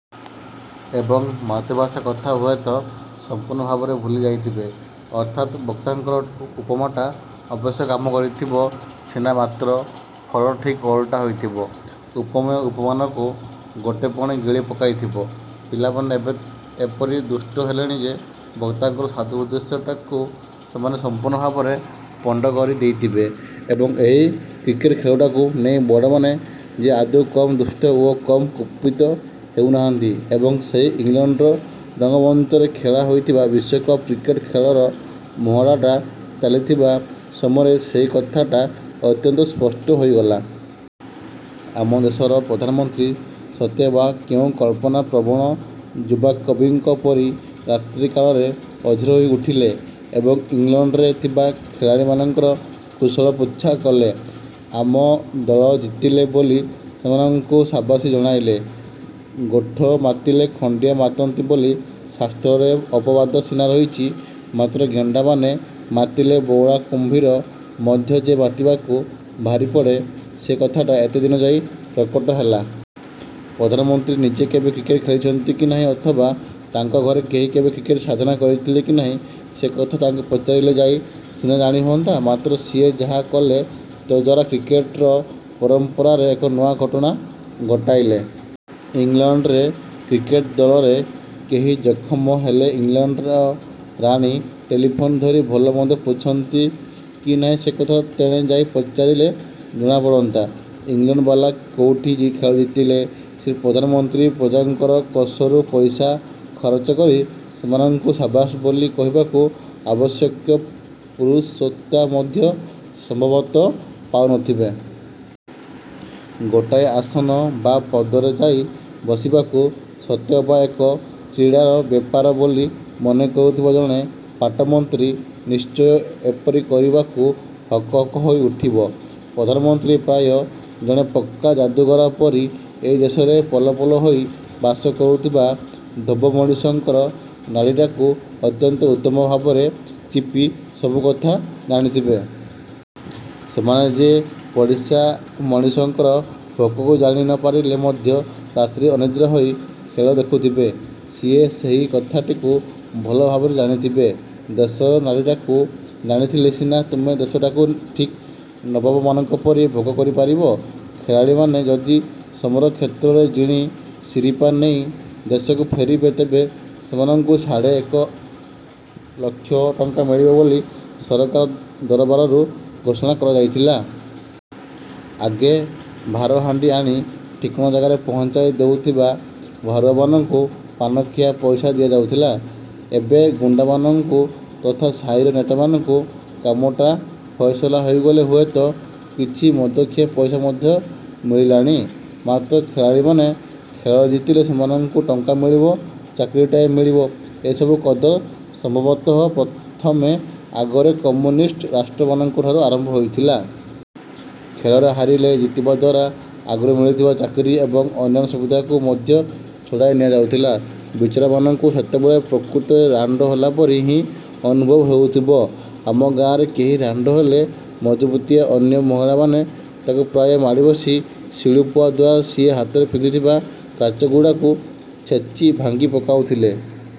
ଏବଂ ମାତୃଭାଷା କଥା ହୁଏତ ସମ୍ପୂର୍ଣ୍ଣ ଭାବରେ ଭୁଲି ଯାଇଥିବେ। ଅର୍ଥାତ୍ ବକ୍ତାଙ୍କର ଉପମାଟା ଅବଶ୍ୟ କାମ କରିଥିବ ସିନା ମାତ୍ର ଫଳ ଠିକ୍ ଓଲଟା ହୋଇଥିବ। ଉପମେୟ ଉପମାନକୁ ଗୋଟାପଣେ ଗିଳି ପକାଇଥିବ। ପିଲାମାନେ ଏବେ ଏପରି ଦୁଷ୍ଟ ହେଲେଣି ଯେ ବକ୍ତାଙ୍କର ସାଧୁ ଉଦ୍ଦେଶ୍ୟଟିକୁ ସେମାନେ ସମ୍ପୂର୍ଣ୍ଣ ଭାବରେ ପଣ୍ଡ କରି ଦେଇଥିବେ ଏବଂ ଏହି କ୍ରିକେଟ ଖେଳଟାକୁ ନେଇ ବଡ଼ମାନେ ଯେ ଆଦୌ କମ୍ ଦୁଷ୍ଟ ଓ କମ୍ କୁପିତ ହେଉନାହାନ୍ତି, ଏବେ ସେହି ଇଂଲଣ୍ଡର ରଙ୍ଗମଞ୍ଚରେ ଖେଳା ହୋଇଥିବା ବିଶ୍ୱକପ୍ କ୍ରିକେଟ୍ ଖେଳର ମହଡ଼ାଟା ଚାଲିଥିବା ସମୟରେ ସେହି କଥାଟା ଅତ୍ୟନ୍ତ ସ୍ପଷ୍ଟ ହୋଇଗଲା। ଆମ ଦେଶର ପ୍ରଧାନମନ୍ତ୍ରୀ ସତେ ଅବା କେଉଁ କଳ୍ପନା ପ୍ରବଣ ଯୁବାକବିଙ୍କ ପରି ରାତ୍ରିକାଳରେ ଅଧୀର ହୋଇ ଉଠିଲେ ଏବଂ ଇଂଲଣ୍ଡରେ ଥିବା ଖେଳାଳିମାନଙ୍କର କୁଶଳ ପୁଚ୍ଛା କଲେ। ଆମ ଦଳ ଜିତିଲେ ବୋଲି ସେମାନଙ୍କୁ ସାବାସୀ ଜଣାଇଲେ। ଗୋଠ ମାତିଲେ ଖଣ୍ଡିଆ ମାତନ୍ତି ବୋଲି ଶାସ୍ତ୍ରରେ ଅପବାଦ ସିନା ରହିଛି, ମାତ୍ର ଗେଣ୍ଡାମାନେ ମାତିଲେ ବଉଳା କୁମ୍ଭୀର ମଧ୍ୟ ଯେ ମାତିବାକୁ ବାହାରିପଡ଼େ ସେକଥାଟା ଏତେଦିନେ ଯାଇ ପ୍ରକଟ ହେଲା। ପ୍ରଧାନମନ୍ତ୍ରୀ ନିଜେ କେବେ କ୍ରିକେଟ ଖେଳିଛନ୍ତି କି ନାହିଁ ଅଥବା ତାଙ୍କ ଘରେ କେହି କେବେ କ୍ରିକେଟ ସାଧନା କରିଥିଲେ କି ନାହିଁ ସେକଥା ତାଙ୍କୁ ପଚାରିଲେ ଯାଇ ସିନା ଜାଣି ହୁଅନ୍ତା, ମାତ୍ର ସିଏ ଯାହା କଲେ ତଦ୍ଦ୍ୱାରା କ୍ରିକେଟର ପରମ୍ପରାରେ ଏକ ନୂଆ ଘଟଣା ଘଟାଇଲେ। ଇଂଲଣ୍ଡରେ କ୍ରିକେଟ ଦଳରେ କେହି ଜଖମ ହେଲେ ଇଂଲଣ୍ଡର ରାଣୀ ଟେଲିଫୋନ୍ ଧରି ଭଲ ମନ୍ଦ ପୁଛନ୍ତି କି ନାହିଁ ସେକଥା ତେଣେ ଯାଇ ପଚାରିଲେ ଜଣାପଡ଼ନ୍ତା। ଇଂଲଣ୍ଡବାଲା କୋଉଠି ଖେଳ ଜିତିଲେ, ସେ ପ୍ରଧାନମନ୍ତ୍ରୀ ପ୍ରଜାଙ୍କର କୋଷରୁ ପଇସା ଖରଚ କରି ସେମାନଙ୍କୁ ସାବାସ୍ ବୋଲି କହିବାକୁ ଆବଶ୍ୟକ ଫୁରୁସତ୍ଟା ମଧ୍ୟ ସମ୍ଭବତଃ ପାଉନଥିବେ। ଗୋଟାଏ ଆସନ ବା ପଦରେ ଯାଇ ବସିବାକୁ ସତେଅବା ଏକ କ୍ରୀଡ଼ାର ବ୍ୟାପାର ବୋଲି ମନେକରୁଥିବା ଜଣେ ପାଟମନ୍ତ୍ରୀ ନିଶ୍ଚୟ ଏପରି କରିବାକୁ ହକ ହକ ହୋଇ ଉଠିବ। ପ୍ରଧାନମନ୍ତ୍ରୀ ପ୍ରାୟ ଜଣେ ପକ୍କା ଜାଦୁଗର ପରି ଏହି ଦେଶରେ ପଲ ପଲ ହୋଇ ବାସ କରୁଥିବା ଧୋବ ମଣିଷଙ୍କର ନାଡ଼ିଟାକୁ ଅତ୍ୟନ୍ତ ଉତ୍ତମ ଭାବରେ ଚିପି ସବୁକଥା ଜାଣିଥିବେ। ସେମାନେ ଯେ ପଡ଼ିଶା ମଣିଷଙ୍କର ଭୋକକୁ ଜାଣି ନପାରିଲେ ମଧ୍ୟ ରାତି ଅନିଦ୍ରା ହୋଇ ଖେଳ ଦେଖୁଥିବେ, ସିଏ ସେହି କଥାଟିକୁ ଭଲ ଭାବରେ ଜାଣିଥିବେ। ଦେଶର ନାଡ଼ିଟାକୁ ଜାଣିଥିଲେ ସିନା ତୁମେ ଦେଶଟାକୁ ଠିକ୍ ନବାବମାନଙ୍କ ପରି ଭୋଗ କରିପାରିବ। ଖେଳାଳିମାନେ ଯଦି ସମରକ୍ଷେତ୍ରରେ ଜିଣି ଶିରିପା ନେଇ ଦେଶକୁ ଫେରିବେ ତେବେ ସେମାନଙ୍କୁ ସାଢ଼େ ଏତେ ଲକ୍ଷ ଟଙ୍କା ମିଳିବ ବୋଲି ସରକାରୀ ଦରବାରରୁ ଘୋଷଣା କରାଯାଇଥିଲା। ଆଗେ ଭାରହାଣ୍ଡି ଆଣି ଠିକଣା ଜାଗାରେ ପହଞ୍ଚାଇ ଦେଉଥିବା ଭାରୁଆମାନଙ୍କୁ ପାନଖିଆ ପଇସା ଦିଆଯାଉଥିଲା। ଏବେ ଗୁଣ୍ଡାମାନଙ୍କୁ ତଥା ସାହିର ନେତାମାନଙ୍କୁ କାମଟା ଫଇସଲା ହୋଇଗଲେ ହୁଏତ କିଛି ମଦଖିଆ ପଇସା ମଧ୍ୟ ମିଳିଲାଣି। ମାତ୍ର ଖେଳାଳିମାନେ ଖେଳରେ ଜିତିଲେ ସେମାନଙ୍କୁ ଟଙ୍କା ମିଳିବ, ଚାକିରିଟାଏ ମିଳିବ, ଏସବୁ କଦର ସମ୍ଭବତଃ ପ୍ରଥମେ ଆଗର କମ୍ୟୁନିଷ୍ଟ ରାଷ୍ଟ୍ରମାନଙ୍କ ଠାରୁ ଆରମ୍ଭ ହୋଇଥିଲା। ଖେଳରେ ହାରିଲେ ଜିତିବା ଦ୍ଵାରା ଆଗରୁ ମିଳିଥିବା ଚାକିରି ଏବଂ ଅନ୍ୟାନ୍ୟ ସୁବିଧାକୁ ମଧ୍ୟ ଛଡ଼ାଇ ନିଆଯାଉଥିଲା। ବିଚାରାମାନଙ୍କୁ ସେତେବେଳେ ପ୍ରକୃତରେ ରାଣ୍ଡ ହେଲା ପରି ହିଁ ଅନୁଭବ ହେଉଥିବ। ଆମ ଗାଆଁରେ କେହି ରାଣ୍ଡ ହେଲେ ମଜବୁତିଆ ଅନ୍ୟ ମହିଳାମାନେ ତାକୁ ପ୍ରାୟ ମାଡ଼ିବସି ଶିଳୁପୁଆ ଦ୍ଵାରା ସିଏ ହାତରେ ପିନ୍ଧିଥିବା କାଚଗୁଡ଼ାକୁ ଛେଚି, ଭାଙ୍ଗି ପକାଉଥିଲେ।